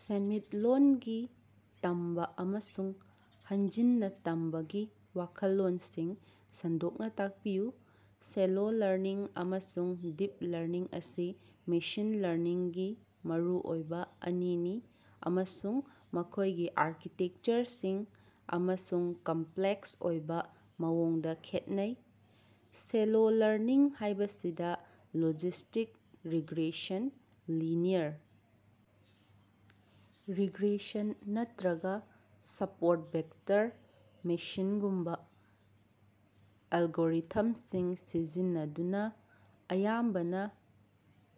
ꯁꯦꯜꯃꯤꯠꯂꯣꯟꯒꯤ ꯇꯝꯕ ꯑꯃꯁꯨꯡ ꯍꯟꯖꯤꯟꯅ ꯇꯝꯕꯒꯤ ꯋꯥꯈꯜꯂꯣꯟꯁꯤꯡ ꯁꯟꯗꯣꯛꯅꯥ ꯇꯥꯛꯄꯤꯌꯨ꯫ ꯁꯦꯂꯣ ꯂꯔꯅꯤꯡ ꯑꯃꯁꯨꯡ ꯗꯤꯞ ꯂꯔꯅꯤꯡ ꯑꯁꯤ ꯃꯦꯁꯤꯟ ꯂꯔꯅꯤꯡꯒꯤ ꯃꯔꯨ ꯑꯣꯏꯕ ꯑꯅꯤꯅꯤ ꯑꯃꯁꯨꯡ ꯃꯈꯣꯢꯒꯤ ꯑꯥꯔꯀꯤꯇꯦꯛꯆꯔꯁꯤꯡ ꯑꯃꯁꯨꯡ ꯀꯝꯄ꯭ꯂꯦꯛꯁ ꯑꯣꯏꯕ ꯃꯑꯣꯡꯗ ꯈꯦꯠꯅꯩ꯫ ꯁꯦꯂꯣ ꯂꯔꯅꯤꯡ ꯍꯥꯢꯕꯁꯤꯗ ꯂꯣꯖꯤꯁꯇꯤꯛ ꯔꯤꯒ꯭ꯔꯦꯁꯟ, ꯂꯤꯅꯤꯌꯔ ꯔꯤꯒ꯭ꯔꯦꯁꯟ ꯅꯠꯇ꯭ꯔꯒ ꯁꯞꯄꯣꯔꯠ ꯚꯦꯛꯇꯔ ꯃꯦꯁꯤꯟꯒꯨꯝꯕ ꯑꯦꯂꯒꯣꯔꯤꯊꯝꯁꯤꯡ ꯁꯤꯖꯤꯟꯅꯗꯨꯅ ꯑꯌꯥꯝꯕꯅ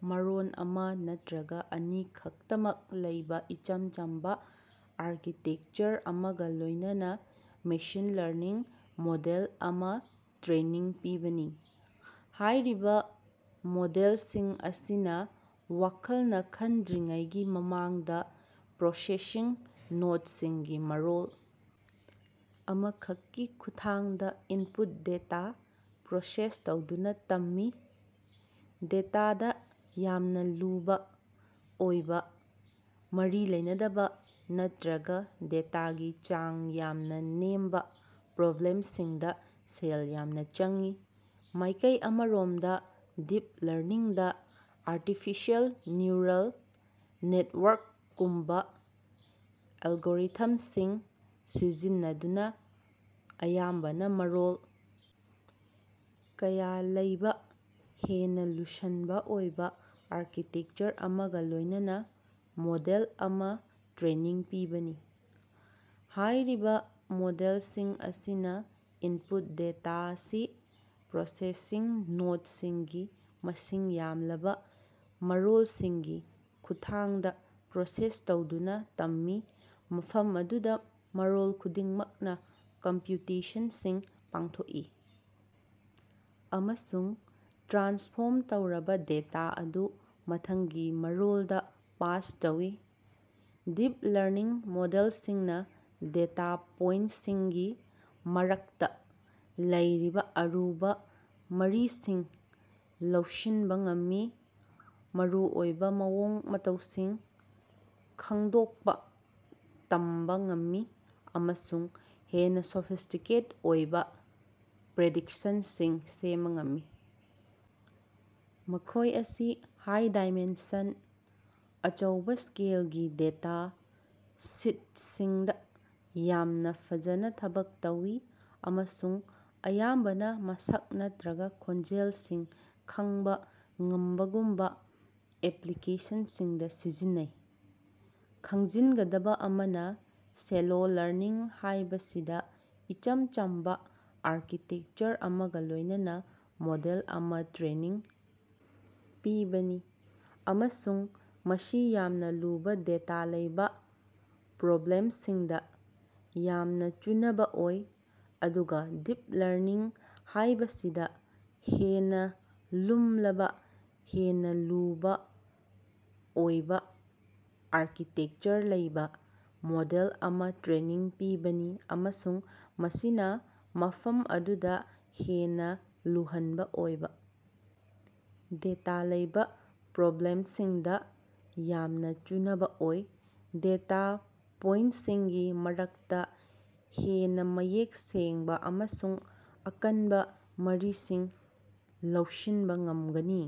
ꯃꯔꯣꯟ ꯑꯃ ꯅꯠꯇ꯭ꯔꯒ ꯑꯅꯤꯈꯛꯇꯃꯛ ꯂꯩꯕꯥ ꯏꯆꯝ ꯆꯝꯕ ꯑꯥꯔꯀꯤꯇꯦꯛꯆꯔ ꯑꯃꯒ ꯂꯣꯢꯅꯅ ꯃꯦꯁꯤꯟ ꯂꯔꯅꯤꯡ ꯃꯣꯗꯦꯜ ꯑꯃꯥ ꯇ꯭ꯔꯦꯅꯤꯡ ꯄꯤꯕꯅꯤ꯫ ꯍꯥꯢꯔꯤꯕ ꯃꯣꯗꯦꯜꯁꯤꯡ ꯑꯁꯤꯅ ꯋꯥꯈꯜꯅ ꯈꯟꯗ꯭ꯔꯤꯉꯩꯒꯤ ꯃꯃꯥꯡꯗ ꯄ꯭ꯔꯣꯁꯦꯁꯁꯤꯡ ꯅꯣꯗꯁꯤꯡꯒꯤ ꯃꯔꯣꯜ ꯑꯃꯈꯛꯀꯤ ꯈꯨꯠꯊꯥꯡꯗ ꯏꯟꯄꯨꯠ ꯗꯦꯇꯥ ꯄ꯭ꯔꯣꯁꯦꯁ ꯇꯧꯗꯨꯅꯥ ꯇꯝꯃꯤ꯫ ꯗꯦꯇꯥꯗ ꯌꯥꯝꯅ ꯂꯨꯕꯥ ꯑꯣꯏꯕ ꯃꯔꯤ ꯂꯩꯅꯗꯕꯥ ꯅꯠꯇ꯭ꯔꯒ ꯗꯦꯇꯥꯒꯤ ꯆꯥꯡ ꯌꯥꯝꯅ ꯅꯦꯝꯕ ꯄ꯭ꯔꯣꯕ꯭ꯂꯦꯝꯁꯤꯡꯗ ꯁꯦꯜ ꯌꯥꯝꯅ ꯆꯪꯏ꯫ ꯃꯥꯢꯀꯩ ꯑꯃꯔꯣꯝꯗ ꯗꯤꯞ ꯂꯔꯅꯤꯡꯗ ꯑꯥꯔꯇꯤꯐꯤꯁꯤꯑꯦꯜ ꯅ꯭ꯌꯨꯔꯜ ꯅꯦꯇꯋꯥꯔꯛꯀꯨꯝꯕꯥ ꯑꯦꯂꯒꯣꯔꯤꯊꯝꯁꯤꯡ ꯁꯤꯖꯤꯟꯅꯗꯨꯅ ꯑꯌꯥꯝꯕꯅ ꯃꯔꯣꯜ ꯀꯌꯥ ꯂꯩꯕ ꯍꯦꯟꯅꯥ ꯂꯨꯁꯟꯕ ꯑꯣꯏꯕ ꯑꯥꯔꯀꯤꯇꯦꯛꯆꯔ ꯑꯃꯒ ꯂꯣꯢꯅꯅꯥ ꯃꯣꯗꯦꯜ ꯑꯃ ꯇ꯭ꯔꯦꯅꯤꯡ ꯄꯤꯕꯅꯤ꯫ ꯍꯥꯢꯔꯤꯕ ꯃꯣꯗꯦꯜꯁꯤꯡ ꯑꯁꯤꯅ ꯏꯟꯄꯨꯠ ꯗꯦꯇꯥ ꯑꯁꯤ ꯄ꯭ꯔꯣꯁꯦꯁꯁꯤꯡ ꯅꯣꯗꯁꯤꯡꯒꯤ ꯃꯁꯤꯡ ꯌꯥꯝꯂꯕ ꯃꯔꯣꯜꯁꯤꯡꯒꯤ ꯈꯨꯠꯊꯥꯡꯗ ꯄ꯭ꯔꯣꯁꯦꯁ ꯇꯧꯗꯨꯅꯥ ꯇꯝꯃꯤ ꯃꯐꯝ ꯑꯗꯨꯗ ꯃꯔꯣꯜ ꯈꯨꯗꯤꯡꯃꯛꯅ ꯀꯝꯄ꯭ꯌꯨꯇꯦꯁꯟꯁꯤꯡ ꯄꯥꯡꯊꯣꯛꯏ ꯑꯃꯁꯨꯡ ꯇ꯭ꯔꯥꯟꯁꯐꯣꯔꯝ ꯇꯧꯔꯕꯥ ꯗꯦꯇꯥ ꯑꯗꯨ ꯃꯊꯪꯒꯤ ꯃꯔꯣꯜꯗ ꯄꯥꯁ ꯇꯧꯏ꯫ ꯗꯤꯞ ꯂꯔꯅꯤꯡ ꯃꯣꯗꯦꯜꯁꯤꯡꯅ ꯗꯦꯇꯥ ꯄꯣꯏꯟꯇꯁꯤꯡꯒꯤ ꯃꯔꯛꯇ ꯂꯩꯔꯤꯕ ꯑꯔꯨꯕ ꯃꯔꯤꯁꯤꯡ ꯂꯧꯁꯤꯟꯕ ꯉꯝꯃꯤ ꯃꯔꯨꯑꯣꯏꯕ ꯃꯑꯣꯡ ꯃꯇꯧꯁꯤꯡ ꯈꯡꯗꯣꯛꯄ ꯇꯝꯕꯥ ꯉꯝꯃꯤ ꯑꯃꯁꯨꯡ ꯍꯦꯟꯅ ꯁꯣꯐꯤꯁ꯭ꯇꯤꯀꯦꯠ ꯑꯣꯏꯕ ꯄ꯭ꯔꯤꯗꯤꯛꯁꯟꯁꯤꯡ ꯁꯦꯝꯕ ꯉꯝꯃꯤ꯫ ꯃꯈꯣꯢ ꯑꯁꯤ ꯍꯥꯏ-ꯗꯥꯏꯃꯦꯟꯁꯟ, ꯑꯆꯧꯕꯥ ꯁ꯭ꯀꯦꯂꯒꯤ ꯗꯦꯇꯥ ꯁꯦꯠꯁꯤꯡꯗ ꯌꯥꯝꯅ ꯐꯖꯅ ꯊꯕꯛ ꯇꯧꯏ ꯑꯃꯁꯨꯡ ꯑꯌꯥꯝꯕꯅ ꯃꯁꯛ ꯅꯠꯇ꯭ꯔꯒ ꯈꯣꯟꯖꯦꯜꯁꯤꯡ ꯈꯪꯕ ꯉꯝꯕꯒꯨꯝꯕ ꯑꯦꯄ꯭ꯂꯤꯀꯦꯁꯟꯁꯤꯡꯗ ꯁꯤꯖꯤꯟꯅꯩ꯫ ꯈꯪꯖꯤꯟꯒꯗꯕ ꯑꯃꯅ ꯁꯦꯂꯣ ꯂꯔꯅꯤꯡ ꯍꯥꯢꯕꯁꯤꯗ ꯏꯆꯝ ꯆꯝꯕ ꯑꯥꯔꯀꯤꯇꯦꯛꯆꯔ ꯑꯃꯒ ꯂꯣꯢꯅꯅ ꯃꯣꯗꯦꯜ ꯑꯃ ꯇ꯭ꯔꯦꯅꯤꯡ ꯄꯤꯕꯅꯤ ꯑꯃꯁꯨꯡ ꯃꯁꯤ ꯌꯥꯝꯅ ꯂꯨꯕ ꯗꯦꯇꯥ ꯂꯩꯕ ꯄ꯭ꯔꯣꯕ꯭ꯂꯦꯝꯁꯤꯡꯗ ꯌꯥꯝꯅ ꯆꯨꯅꯕ ꯑꯣꯏ ꯑꯗꯨꯒ ꯗꯤꯞ ꯂꯔꯅꯤꯡ ꯍꯥꯢꯕꯁꯤꯗ ꯍꯦꯟꯅ ꯂꯨꯝꯂꯕ ꯍꯦꯟꯅ ꯂꯨꯕ ꯑꯣꯏꯕꯥ ꯑꯥꯔꯀꯤꯇꯦꯛꯆꯔ ꯂꯩꯕꯥ ꯃꯣꯗꯦꯜ ꯑꯃ ꯇ꯭ꯔꯦꯅꯤꯡ ꯄꯤꯕꯅꯤ ꯑꯃꯁꯨꯡ ꯃꯁꯤꯅ ꯃꯐꯝ ꯑꯗꯨꯗ ꯍꯦꯟꯅ ꯂꯨꯍꯟꯕ ꯑꯣꯏꯕ ꯗꯦꯇꯥ ꯂꯩꯕ ꯄ꯭ꯔꯣꯕ꯭ꯂꯦꯝꯁꯤꯡꯗ ꯌꯥꯝꯅ ꯆꯨꯅꯕ ꯑꯣꯏ꯫ ꯗꯦꯇꯥ ꯄꯣꯏꯟꯇꯁꯤꯡꯒꯤ ꯃꯔꯛꯇ ꯍꯦꯟꯅ ꯃꯌꯦꯛ ꯁꯦꯡꯕ ꯑꯃꯁꯨꯡ ꯑꯀꯟꯕ ꯃꯔꯤꯁꯤꯡ ꯂꯧꯁꯤꯟꯕ ꯉꯝꯒꯅꯤ꯫